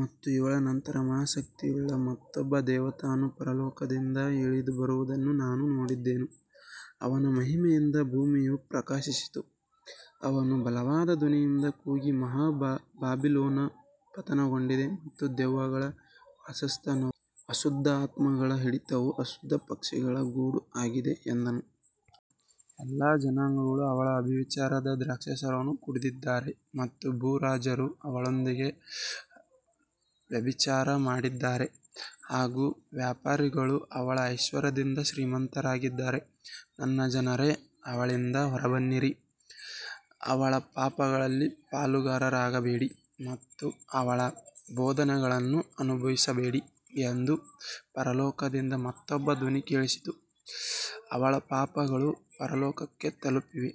ಮತ್ತು ಇವುಗಳ ನಂತರ ಮಹಾ ಶಕ್ತಿಯುಳ್ಳ ಮತ್ತೊಬ್ಬ ದೇವದೂತನು ಪರಲೋಕದಿಂದ ಇಳಿದುಬರುವುದನ್ನು ನಾನು ನೋಡಿದೆನು. ಅವನ ಮಹಿಮೆಯಿಂದ ಭೂಮಿಯು ಪ್ರಕಾಶಿಸಿತು. ಅವನು ಬಲವಾದ ಧ್ವನಿಯಿಂದ ಕೂಗಿ ಮಹಾ ಬಾಬಿಲೋನ್ ಪತನಗೊಂಡಿದೆ ಮತ್ತು ದೆವ್ವಗಳ ವಾಸಸ್ಥಾನವೂ ಅಶುದ್ಧ ಆತ್ಮಗಳ ಹಿಡಿತವೂ ಅಶುದ್ಧ ಪಕ್ಷಿಗಳ ಗೂಡೂ ಆಗಿದೆ ಎಂದನು. ಎಲ್ಲಾ ಜನಾಂಗಗಳು ಅವಳ ವ್ಯಭಿಚಾರದ ದ್ರಾಕ್ಷಾರಸವನ್ನು ಕುಡಿದಿದ್ದಾರೆ ಮತ್ತು ಭೂರಾಜರು ಅವಳೊಂದಿಗೆ ವ್ಯಭಿಚಾರ ಮಾಡಿದ್ದಾರೆ ಹಾಗೂ ವ್ಯಾಪಾರಿಗಳು ಅವಳ ಐಶ್ವರ್ಯದಿಂದ ಶ್ರೀಮಂತರಾಗಿದ್ದಾರೆ. ನನ್ನ ಜನರೇ ಅವಳಿಂದ ಹೊರಬನ್ನಿರಿ, ಅವಳ ಪಾಪಗಳಲ್ಲಿ ಪಾಲುಗಾರರಾಗಬೇಡಿ ಮತ್ತು ಅವಳ ಬಾಧೆಗಳನ್ನು ಅನುಭವಿಸಬೇಡಿ ಎಂದು ಪರಲೋಕದಿಂದ ಮತ್ತೊಂದು ಧ್ವನಿ ಕೇಳಿಸಿತು. ಅವಳ ಪಾಪಗಳು ಪರಲೋಕಕ್ಕೆ ತಲುಪಿವೆ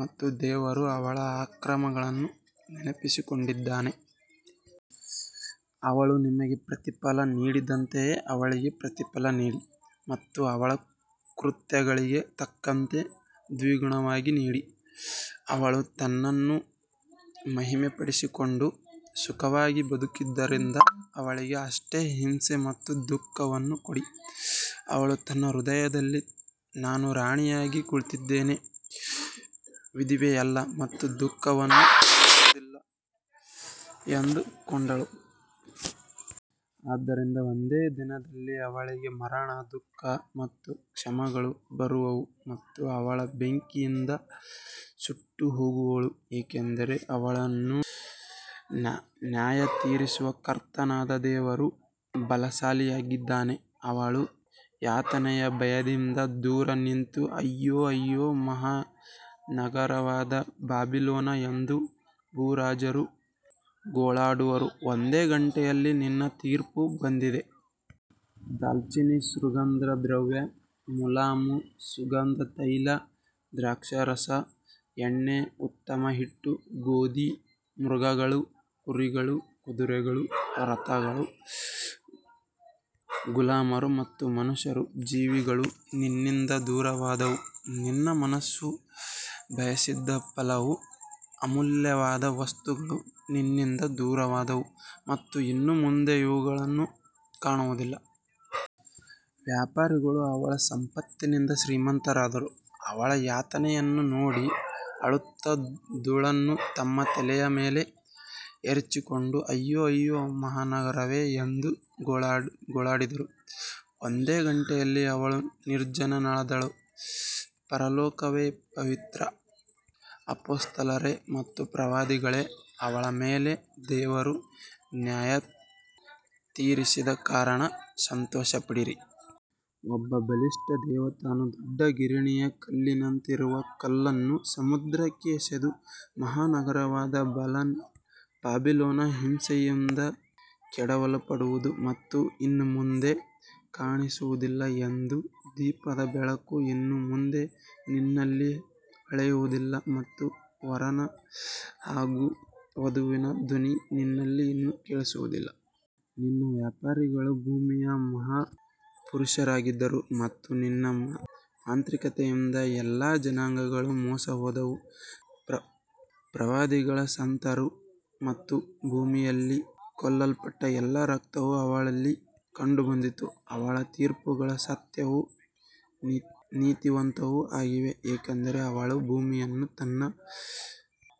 ಮತ್ತು ದೇವರು ಅವಳ ಅಕ್ರಮಗಳನ್ನು ನೆನಪಿಸಿಕೊಂಡಿದ್ದಾನೆ. ಅವಳು ನಿಮಗೆ ಪ್ರತಿಫಲ ನೀಡಿದಂತೆಯೇ ಅವಳಿಗೆ ಪ್ರತಿಫಲ ನೀಡಿ ಮತ್ತು ಅವಳ ಕೃತ್ಯಗಳಿಗೆ ತಕ್ಕಂತೆ ದ್ವಿಗುಣವಾಗಿ ನೀಡಿ. ಅವಳು ತನ್ನನ್ನು ಮಹಿಮೆಪಡಿಸಿಕೊಂಡು ಸುಖವಾಗಿ ಬದುಕಿದ್ದರಿಂದ ಅವಳಿಗೆ ಅಷ್ಟೇ ಹಿಂಸೆ ಮತ್ತು ದುಃಖವನ್ನು ಕೊಡಿ. ಅವಳು ತನ್ನ ಹೃದಯದಲ್ಲಿ ನಾನು ರಾಣಿಯಾಗಿ ಕುಳಿತಿದ್ದೇನೆ, ವಿಧವೆಯಲ್ಲ ಮತ್ತು ದುಃಖವನ್ನು ಕಾಣುವುದಿಲ್ಲ ಎಂದುಕೊಂಡಳು. ಆದ್ದರಿಂದ ಒಂದೇ ದಿನದಲ್ಲಿ ಅವಳಿಗೆ ಮರಣ ದುಃಖ ಮತ್ತು ಕ್ಷಾಮಗಳು ಬರುವವು ಮತ್ತು ಅವಳು ಬೆಂಕಿಯಿಂದ ಸುಟ್ಟುಹೋಗುವಳು, ಏಕೆಂದರೆ ಅವಳನ್ನು ನ್ಯಾಯತೀರಿಸುವ ಕರ್ತನಾದ ದೇವರು ಬಲಶಾಲಿಯಾಗಿದ್ದಾನೆ. ಅವಳ ಯಾತನೆಯ ಭಯದಿಂದ ದೂರ ನಿಂತು ಅಯ್ಯೋ ಅಯ್ಯೋ ಮಹಾ ನಗರವಾದ ಬಾಬಿಲೋನ್ ಎಂದು ಭೂರಾಜರು ಗೋಳಾಡುವರು. ಒಂದೇ ಗಂಟೆಯಲ್ಲಿ ನಿನ್ನ ತೀರ್ಪು ಬಂದಿದೆ. ದಾಲ್ಚಿನ್ನಿ ಸುಗಂಧದ್ರವ್ಯ ಮುಲಾಮು ಸುಗಂಧ ತೈಲ ದ್ರಾಕ್ಷಾರಸ ಎಣ್ಣೆ ಉತ್ತಮ ಹಿಟ್ಟು ಗೋಧಿ ಮೃಗಗಳು ಕುರಿಗಳು ಕುದುರೆಗಳು ರಥಗಳು ಗುಲಾಮರು ಮತ್ತು ಮನುಷ್ಯರ ಜೀವಗಳು ನಿನ್ನಿಂದ ದೂರವಾದವು. ನಿನ್ನ ಮನಸ್ಸು ಬಯಸಿದ ಫಲವೂ ಅಮೂಲ್ಯವಾದ ವಸ್ತುಗಳೂ ನಿನ್ನಿಂದ ದೂರವಾದವು ಮತ್ತು ಇನ್ನು ಮುಂದೆ ಅವುಗಳನ್ನು ಕಾಣುವುದಿಲ್ಲ. ವ್ಯಾಪಾರಿಗಳು ಅವಳ ಸಂಪತ್ತಿನಿಂದ ಶ್ರೀಮಂತರಾದವರು ಅವಳ ಯಾತನೆಯನ್ನು ನೋಡಿ ಅಳುತ್ತಾ ಧೂಳನ್ನು ತಮ್ಮ ತಲೆಯ ಮೇಲೆ ಎರಚಿಕೊಂಡು ಅಯ್ಯೋ ಅಯ್ಯೋ ಮಹಾನಗರವೇ ಎಂದು ಗೋಳಾಡಿದರು. ಒಂದೇ ಗಂಟೆಯಲ್ಲಿ ಅವಳು ನಿರ್ಜನಳಾದಳು. ಪರಲೋಕವೇ, ಪವಿತ್ರ ಅಪೊಸ್ತಲರೇ ಮತ್ತು ಪ್ರವಾದಿಗಳೇ, ಅವಳ ಮೇಲೆ ದೇವರು ನ್ಯಾಯತೀರಿಸಿದ ಕಾರಣ ಸಂತೋಷಪಡಿರಿ. ಒಬ್ಬ ಬಲಿಷ್ಠ ದೇವದೂತನು ದೊಡ್ಡ ಗಿರಣಿಯ ಕಲ್ಲಿನಂತಿರುವ ಕಲ್ಲನ್ನು ಸಮುದ್ರಕ್ಕೆ ಎಸೆದು, ಮಹಾ ನಗರವಾದ ಬಾಬಿಲೋನ್ ಹಿಂಸೆಯಿಂದ ಕೆಡವಲ್ಪಡುವುದು ಮತ್ತು ಇನ್ನು ಮುಂದೆ ಕಾಣಿಸುವುದಿಲ್ಲ ಎಂದನು. ದೀಪದ ಬೆಳಕು ಇನ್ನು ಮುಂದೆ ನಿನ್ನಲ್ಲಿ ಹೊಳೆಯುವುದಿಲ್ಲ ಮತ್ತು ವರನ ಹಾಗೂ ವಧುವಿನ ಧ್ವನಿ ನಿನ್ನಲ್ಲಿ ಇನ್ನು ಕೇಳಿಸುವುದಿಲ್ಲ. ನಿನ್ನ ವ್ಯಾಪಾರಿಗಳು ಭೂಮಿಯ ಮಹಾಪುರುಷರಾಗಿದ್ದರು ಮತ್ತು ನಿನ್ನ ಮಾಂತ್ರಿಕತೆಯಿಂದ ಎಲ್ಲಾ ಜನಾಂಗಗಳು ಮೋಸಹೋದವು. ಪ್ರವಾದಿಗಳ ಸಂತರ ಮತ್ತು ಭೂಮಿಯಲ್ಲಿ ಕೊಲ್ಲಲ್ಪಟ್ಟ ಎಲ್ಲರ ರಕ್ತವು ಅವಳಲ್ಲಿ ಕಂಡುಬಂದಿತು. ಅವಳ ತೀರ್ಪುಗಳು ಸತ್ಯವೂ ನೀತಿವಂತವೂ ಆಗಿವೆ, ಏಕೆಂದರೆ ಅವಳು ಭೂಮಿಯನ್ನು ತನ್ನ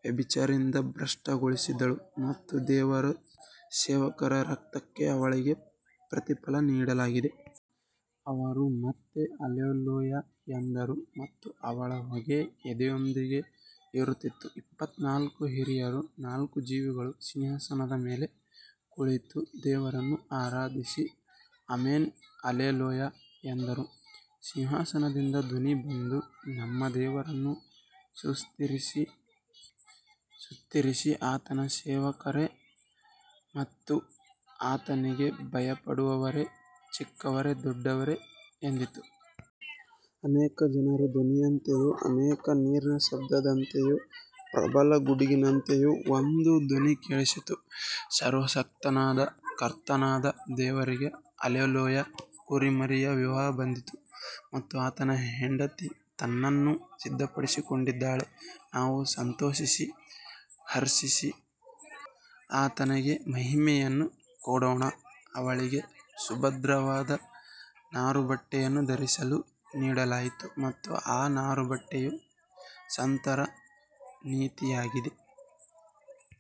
ವ್ಯಭಿಚಾರದಿಂದ ಭ್ರಷ್ಟಗೊಳಿಸಿದ್ದಳು ಮತ್ತು ದೇವರ ಸೇವಕರ ರಕ್ತಕ್ಕೆ ಅವಳಿಗೆ ಪ್ರತಿಫಲ ನೀಡಲಾಗಿದೆ. ಅವರು ಮತ್ತೆ ಅಲ್ಲೆಲೂಯಾ ಎಂದರು ಮತ್ತು ಅವಳ ಹೊಗೆ ಎಂದೆಂದಿಗೂ ಏರುತ್ತಿತ್ತು. ಇಪ್ಪತ್ತನಾಲ್ಕು ಹಿರಿಯರೂ ನಾಲ್ಕು ಜೀವಿಗಳೂ ಸಿಂಹಾಸನದ ಮೇಲೆ ಕುಳಿತ ದೇವರನ್ನು ಆರಾಧಿಸಿ ಆಮೆನ್ ಅಲ್ಲೆಲೂಯಾ ಎಂದರು. ಸಿಂಹಾಸನದಿಂದ ಧ್ವನಿ ಬಂದು ನಮ್ಮ ದೇವರನ್ನು ಸ್ತುತಿಸಿರಿ, ಆತನ ಸೇವಕರೇ ಮತ್ತು ಆತನಿಗೆ ಭಯಪಡುವವರೇ, ಚಿಕ್ಕವರೇ ದೊಡ್ಡವರೇ ಎಂದಿತು. ಅನೇಕ ಜನರ ಧ್ವನಿಯಂತೆಯೂ ಅನೇಕ ನೀರಿನ ಶಬ್ದದಂತೆಯೂ ಪ್ರಬಲ ಗುಡುಗಿನಂತೆಯೂ ಒಂದು ಧ್ವನಿ ಕೇಳಿಸಿತು. ಸರ್ವಶಕ್ತನಾದ ಕರ್ತನಾದ ದೇವರಿಗೆ ಅಲ್ಲೆಲೂಯಾ, ಕುರಿಮರಿಯ ವಿವಾಹ ಬಂದಿದೆ ಮತ್ತು ಆತನ ಹೆಂಡತಿ ತನ್ನನ್ನು ಸಿದ್ಧಪಡಿಸಿಕೊಂಡಿದ್ದಾಳೆ. ನಾವು ಸಂತೋಷಿಸಿ ಹರ್ಷಿಸಿ ಆತನಿಗೆ ಮಹಿಮೆಯನ್ನು ಕೊಡೋಣ. ಅವಳಿಗೆ ಶುಭ್ರವಾದ ನಾರುಬಟ್ಟೆಯನ್ನು ಧರಿಸಲು ನೀಡಲಾಯಿತು ಮತ್ತು ಆ ನಾರುಬಟ್ಟೆಯು ಸಂತರ ನೀತಿಯಾಗಿದೆ.